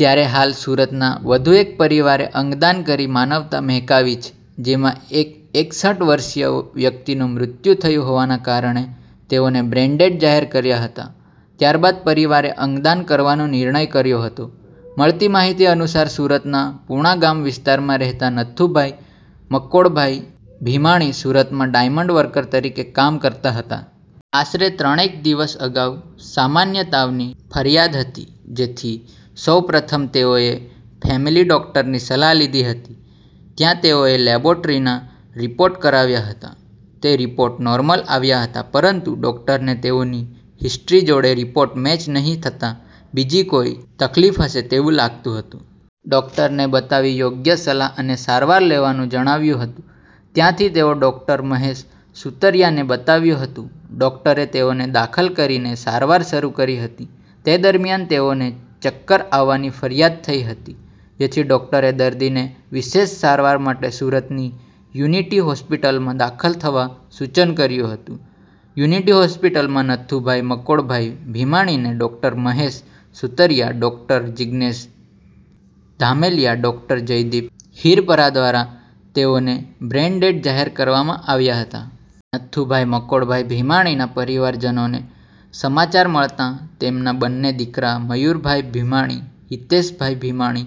ત્યારે હાલ સુરતના વધુ એક પરિવારે અંગદાન કરી માનવતા મહેકાવી છે. જેમાં એક એકસઠ વર્ષીય વ્યક્તિનું મૃત્યુ થયું હોવાને કારણે તેઓને બ્રેઇનડેડ જાહેર કર્યા હતા. ત્યારબાદ પરિવારે અંગદાન કરવાનો નિર્ણય કર્યો હતો. મળતી માહિતી અનુસાર, સુરતના પુણાગામ વિસ્તારમાં રહેતા નથુભાઈ મકોડભાઈ ભીમાણી સુરતમાં ડાયમંડ વર્કર તરીકે કામ કરતા હતા. આશરે ત્રણેક દિવસ અગાઉ સામાન્ય તાવની ફરિયાદ હતી, જેથી સૌ પ્રથમ તેઓએ ફેમેલી ડોક્ટરની સલાહ લીધી હતી, ત્યાં તેઓએ લેબોરેટરી ના રીપોર્ટ કરાવ્યા હતા, તે રીપોર્ટ નોર્મલ આવ્યા હતા પરંતુ ડોક્ટરને તેઓની હિસ્ટ્રી જોડે રીપોર્ટ મેચ નહી થતા, બીજી કોઈ તકલીફ હશે તેવું લાગતું હતું. ડોક્ટરને બતાવી યોગ્ય સલાહ અને સારવાર લેવાનું જણાવ્યું હતું, ત્યાંથી તેઓ ડોક્ટર મહેશ સુતરીયા ને બતાવ્યું હતું, ડોકટરે તેઓને દાખલ કરીને સારવાર શરુ કરી હતી, તે દરમ્યાન તેઓને ચક્કર આવવાની ફરિયાદ થઈ હતી, જેથી ડોકટરે દર્દીને વિશેષ સારવાર માટે સુરતની યુનિટી હોસ્પીટલમાં દાખલ થવા સૂચન કર્યું હતું યુનિટી હોસ્પીટલમાં નથુભાઈ મકોડભાઈ ભીમાણીને doctor Mahesh Sutariya, doctor Jignesh Dhameliya, doctor Jaydeep Hirpara દ્વારા તેઓને બ્રેઈનડેડ જાહેર કરવામાં આવ્યા હતા. નથુભાઈ મકોડભાઈ ભીમાણીના પરિવારજનોને સમાચાર મળતા તેમના બંને દીકરા મયુરભાઈ ભીમાણી, હિતેશભાઈ ભીમાણી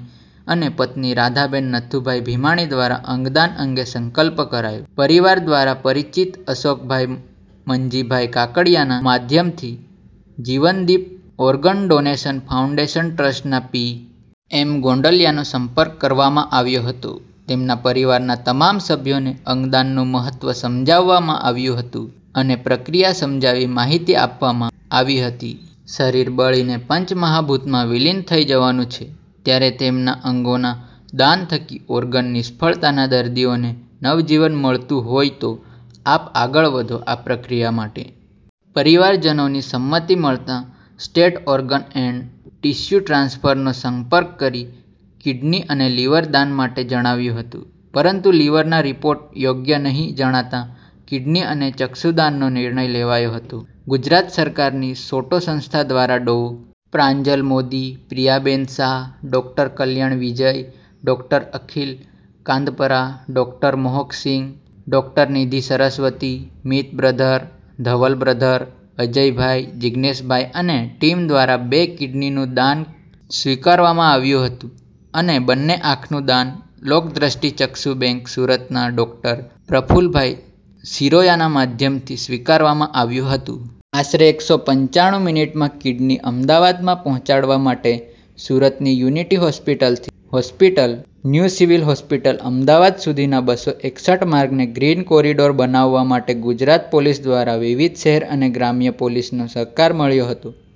અને પત્ની રાધાબેન નથુભાઈ ભીમાણી દ્વારા અંગદાન અંગે સંકલ્પ કરાયો. પરિવાર દ્વારા પરિચિત અશોકભાઈ મનજીભાઈ કાકડિયાના માધ્યમથી જીવનદીપ ઓર્ગનડોનેશન ફાઉન્ડેશન ટ્રસ્ટના પી. એમ. ગોંડલિયાનો સંપર્ક કરવામાં આવ્યો હતો, તેમના પરિવારના તમામ સભ્યોને અંગદાનનું મહત્વ સમજાવવામાં આવ્યું હતું અને પ્રક્રિયા સમજાવી માહિતી આપવામાં આવી હતી. શરીર બળીને પંચમહાભૂતમાં વિલીન થઈ જવાનું છે, ત્યારે તેમના અંગોના દાન થકી ઓર્ગન નિષ્ફળતાના દર્દીઓને નવજીવન મળતું હોઈ તો આપ આગળ વધો આ પ્રક્રિયા માટે. પરિવારજનોની સંમતી મળતા State Organ and Tissue Transplant નો સંપર્ક કરી કીડની અને લીવર દાન માટે જણાવ્યું હતું. પરંતુ લીવરના રીપોર્ટ યોગ્ય નહીં જણાતા કિડની અને ચક્ષુદાન નો નિર્ણય લેવાયો હતો. ગુજરાત સરકારની સોટો સંસ્થા દ્વારા ડો. Pranjal Modi, Priyaben Shah, doctor Kalyan Vijay, doctor Akhil Kandpara, doctor Mohak Singh, doctor Nidhi Saraswati, Mit brother, Dhaval brother, Ajaybhai, Jigneshbhai અને ટિમ દ્વારા બે કીડનીનું દાન સ્વીકારવામાં આવ્યું હતું, અને બંને આંખનું દાન લોક્દ્રષ્ટિ ચક્ષુ બેંક સુરતના ડોક્ટર પ્રફુલભાઈ શિરોયાના માધ્યમથી સ્વીકારવામાં આવ્યું હતું. આશરે એકસો પંચાણું મીનીટમાં કીડની અમદાવાદમાં પહોંચાડવા માટે સુરતની યુનિટી હોસ્પિટલ થી hospital, new civil hospital, Ahmedabad સુધીના બસો એકસઠ માર્ગને ગ્રીન કોરીડોર બનાવવા માટે ગુજરાત પોલીસ દ્વારા વિવિધ શહેર અને ગ્રામ્ય પોલીસનો સહકાર મળ્યો હતો.